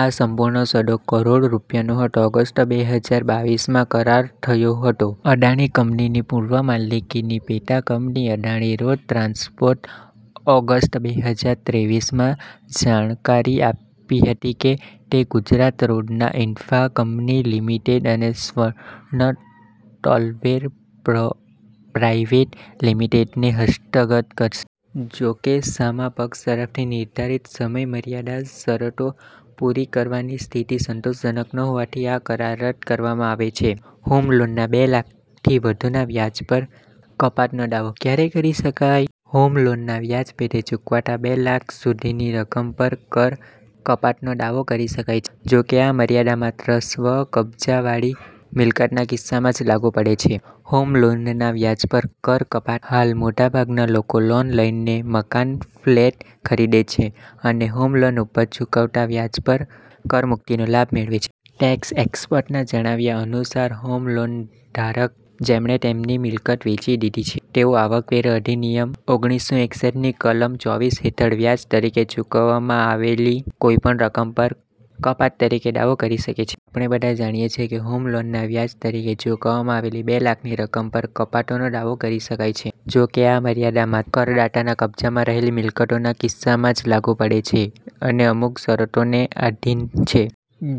આ સંપૂર્ણ સોદો કરોડ રૂપિયાનો હતો. ઓગસ્ટ બે હજાર બાવીસમાં કરાર થયો હતો. અદાણી કંપની ની પૂર્વ માલિકીની પેટા કંપની અદાણી રોડ ટ્રાન્સપોર્ટે ઓગસ્ટ બે હજાર ત્રેવીસમાં જાણકારી આપી હતી કે, તે ગુજરાત રોડ ના ઇન્ફ્રા કંપની લિમિટેડ અને સ્વર્ણ ટોલવે પ્રાઇવેટ લિમિટેડ ને હસ્તગત કરશે. જો કે સામા પક્ષ તરફથી નિર્ધારિત સમયમર્યાદા શરતો પૂરી કરવાની સ્થિતિ સંતોષજનક ન હોવાથી આ કરાર રદ કરવામાં આવે છે. હોમ લોનના બે લાખથી વધુના વ્યાજ પર કપાતનો દાવો ક્યારે કરી શકાય? હોમ લોનના વ્યાજ પેટે ચૂકવાતા બે લાખ સુધીની રકમ પર કર કપાતનો દાવો કરી શકાય છે. જો કે, આ મર્યાદા માત્ર સ્વ-કબજાવાળી મિલકતના કિસ્સામાં જ લાગુ પડે છે. હોમ લોનના વ્યાજ પર કર કપાત હાલ મોટાભાગના લોકો લોન લઇને મકાન-ફ્લેટ ખરીદે છે અને હોમ લોન ઉપર ચૂકવતા વ્યાજ પર કરમુક્તિનો લાભ મેળવે છે. ટેક્સ એક્સપર્ટ્સના જણાવ્યા અનુસાર હોમ લોનધારક જેમણે તેમની મિલકત વેચી દીધી છે, તેઓ આવકવેરા અધિનિયમ ઓગણીસો એકસઠની કલમ ચોવીસ હેઠળ વ્યાજ તરીકે ચૂકવવામાં આવેલી કોઈપણ રકમ પર કપાત તરીકે દાવો કરી શકે છે. આપણે બધા જાણીયે છે કે, હોમ લોનના વ્યાજ તરીકે ચૂકવવામાં આવેલી બે લાખની રકમ પર કપાતોનો દાવો કરી શકાય છે. જો કે આ મર્યાદા મા કરદાતાના કબજામાં રહેલી મિલકતના કિસ્સામાં જ લાગુ પડે છે અને અમુક શરતોને આધીન છે.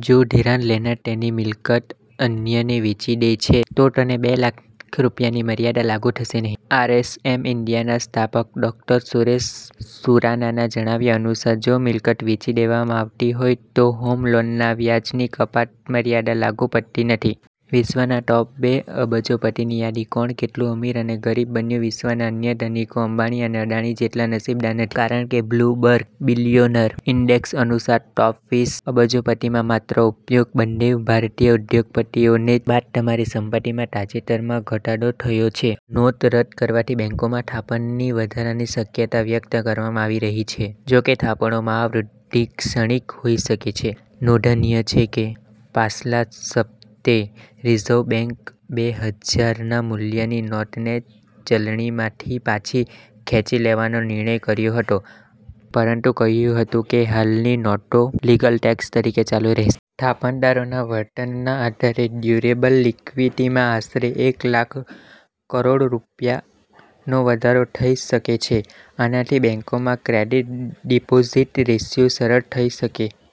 જો ધિરાણ લેનાર તેની મિલકત અન્યને વેચી દે છે, તો તેને બે લાખ રૂપિયાની મર્યાદા લાગુ થશે નહીં. આરએસએમ ઈન્ડિયાના સ્થાપક ડોક્ટર સુરેશ સુરાનાના જણાવ્યા અનુસાર, જો મિલ્કત વેચી દેવામાં આવતી હોય તો હોમ લોનના વ્યાજની કપાત મર્યાદા લાગુ પડતી નથી. વિશ્વના ટોપ-બે અબજોપતિની યાદી, કોણ કેટલુ અમીર અને ગરીબ બન્યું વિશ્વના અન્ય ધનિકો અંબાણી અને અદાણી જેટલા નસીબદાર નથી કારણ કે બ્લુબર્ગ બિલિયોનર ઇન્ડેક્સ અનુસાર ટોપ-વીસ અબજોપતિ માં માત્ર ઉપયોગ બંનેવ ભારતીય ઉદ્યોગપતિ ઓને તમામની સંપત્તિમાં તાજેતરમાં ઘટાડો થયો છે. નોટ રદ કરવાથી બેંકોમાં થાપણ ની વધારાની શક્યતા વ્યક્ત કરવામાં આવી રહી છે. જો કે થાપણોમાં આ વૃદ્ધિ ક્ષણિક હોઈ શકે છે. નોંધનિય છે કે, પાછલા સપ્તે રિઝર્વ બેંક બે હજારના મૂલ્યની નોટને ચલણીમાંથી પાછી ખેંચી લેવાનો નિર્ણય કર્યો હતો પરંતુ કહ્યું હતું કે હાલની નોટો લીગલ ટેક્સ તરીકે ચાલુ રહેશે. થાપણદારોના વર્તનના આધારે ડ્યુરેબલ લિક્વિટીમાં આશરે એક લાખ કરોડ રૂપિયાનો વધારો થઈ શકે છે. આનાથી બેંકોમાં ક્રેડિટ-ડિપોઝીટ રેશિયો સરળ થઇ શકે.